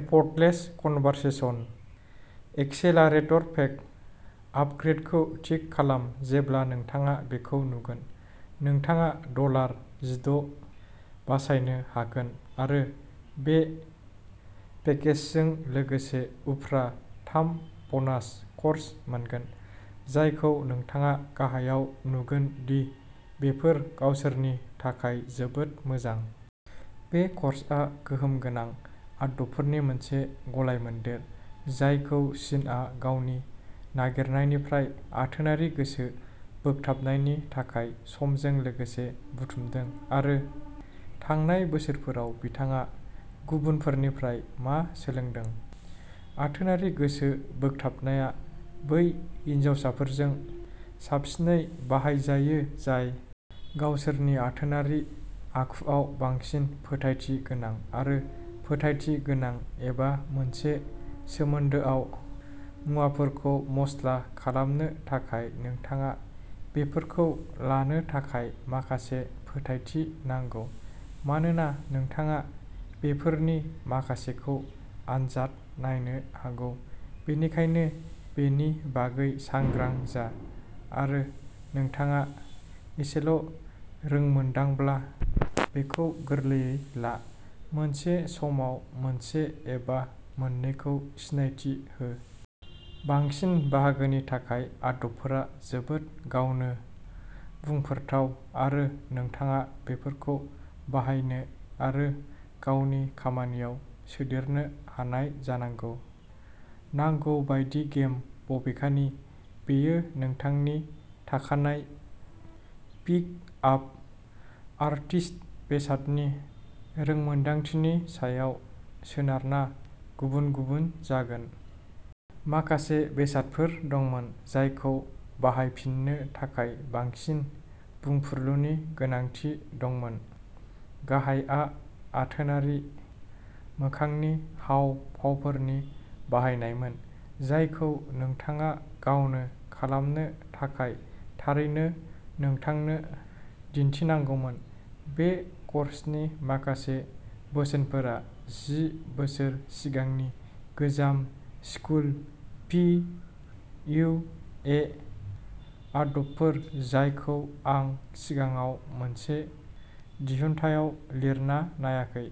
"Effortless conversation accelerator pack" आपग्रेदखौ tick खालाम जेब्ला नोंथाङा बेखौ नुगोन। नोंथाङा डलार जिद' बासायनो हागोन आरो बे पेकेजजों लोगोसे उफ्रा थाम ब'नास क'र्स मोनगोन, जायखौ नोंथाङा गाहायाव नुगोन दि बेफोर गावसोरनि थाखाय जोबोद मोजां। बे क'र्सआ गोहोम गोनां आदबफोरनि मोनसे गलायमोन्देर जायखौ सिनआ गावनि नागिरनायनिफ्राय आथोनारि गोसो बोगथाबनायनि थाखाय समजों लोगोसे बुथुमदों आरो थांनाय बोसोरफोराव बिथाङा गुबुनफोरनिफ्राय मा सोलोंदों। आथोनारि गोसो बोगथाबनाया बै हिनजावसाफोरजों साबसिनै बाहायजायो जाय गावसोरनि आथोनारि आखुआव बांसिन फोथायथि गोनां आरो फोथायथि गोनां एबा मोनसे सोमोन्दोआव मुवाफोरखौ मस्ला खालामनो थाखाय नोंथाङा बेफोरखौ लानो थाखाय माखासे फोथायथि नांगौ, मानोना नोंथाङा बेफोरनि माखासेखौ आनजाद नायनो हागौ, बेनिखायनो बेनि बागै सांग्रां जा आरो नोंथाङा एसेल' रोंमोन्दांब्ला बेखौ गोरलैयै ला, मोनसे समाव मोनसे एबा मोननैखौ सिनायथि हो। बांसिन बाहागोनि थाखाय, आदबफोरा जोबोद गावनो बुंफोरथाव आरो नोंथाङा बेफोरखौ बाहायनो आरो गावनि खामानियाव सोदेरनो हानाय जानांगौ। नांगौ बायदि 'गेम'। बबेखानि, बेयो नोंथांनि थाखानाय पिक आप आर्टिस्ट बेसादनि रोंमोनदांथिनि सायाव सोनारना गुबुन-गुबुन जागोन। माखासे बेसादफोर दंमोन जायखौ बाहायफिननो थाखाय बांसिन बुंफुरलुनि गोनांथि दंमोन गाहायआ आथोनारि मोखांनि हाव भावफोरनि बाहायनायमोन, जायखौ नोंथाङा गावनो खालामनो थाखाय थारैनो नोंथांनो दिन्थिनांगौमोन। बे कर्सनि माखासे बोसोनफोरा जि बोसोर सिगांनि गोजाम स्कुल पि इउ ए आदबफोर जायखौ आं सिगाङाव मोनसे दिहुनथायाव लिरना नायाखै।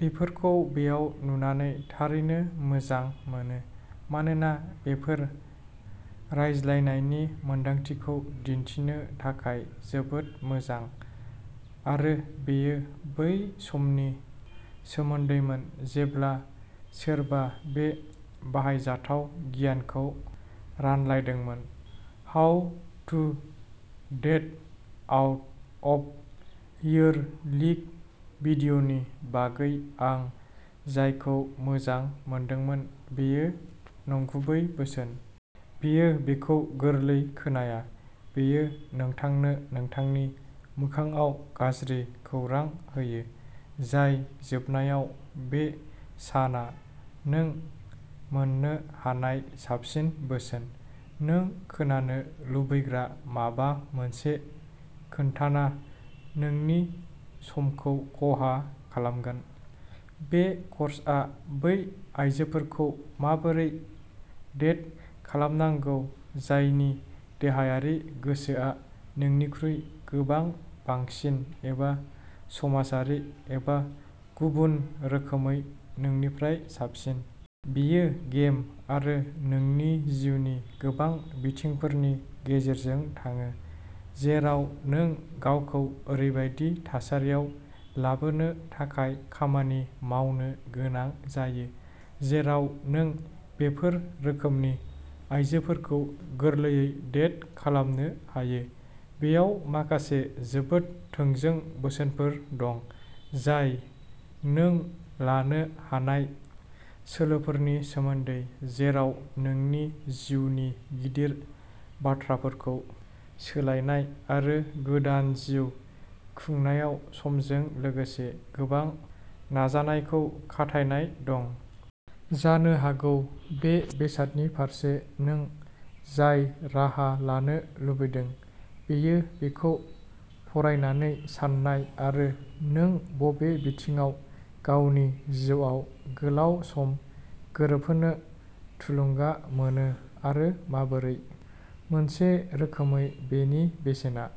बेफोरखौ बेयाव नुनानै थारैनो मोजां मोनो, मानोना बेफोर रायज्लायनायनि मोनदांथिखौ दिन्थिनो थाखाय जोबोद मोजां आरो बेयो बै समनि सोमोन्दैमोन जेब्ला सोरबा बे बाहायजाथाव गियानखौ रानलायदोंमोन। How to date out of your league भिडिय'नि बागै आं जायखौ मोजां मोनदोंमोन बेयो नंगुबै बोसोन। बेयो बेखौ गोरलै खोनाया, बेयो नोंथांनो नोंथांनि मोखांआव'गाज्रि खौरां'होयो। जाय जोबनायाव। बे साना नों मोन्नो हानाय साबसिन बोसोन। नों खोनानो लुबैग्रा माबा मोनसे खोन्थाना नोंनि समखौ खहा खालामगोन। बे कर्सआ बै आयजोफोरखौ माबोरै डेट खालामनांगौ जायनि देहायारि गोसोआ नोंनिख्रुइ गोबां बांसिन एबा समाजारि एबा गुबुन रोखोमै नोंनिफ्राय साबसिन। बेयो'गेम' आरो नोंनि जिउनि गोबां बिथिंफोरनि गेजेरजों थाङो, जेराव नों गावखौ ओरैबायदि थासारियाव लाबोनो थाखाय खामानि मावनो गोनां जायो, जेराव नों बेफोर रोखोमनि आयजोफोरखौ गोरलैयै डेट खालामनो हायो। बेयाव माखासे जोबोद थोंजों बोसोनफोर दं, जाय नों लानो हानाय सोलोफोरनि सोमोन्दै, जेराव नोंनि जिउनि गिदिर बाथ्राफोरखौ सोलायनाय आरो गोदान जिउ खुंनायाव समजों लोगोसे गोबां नाजानायखौ खाथायनाय दं। जानो हागौ बे बेसादनि फारसे नों जाय राहा लानो लुबैदों, बेयो बेखौ फरायनानै सान्नाय आरो नों बबे बिथिङाव गावनि जिउआव गोलाव सम गोरोबहोनो थुलुंगा मोनो आरो माबोरै। मोनसे रोखोमै, बेनि बेसेना।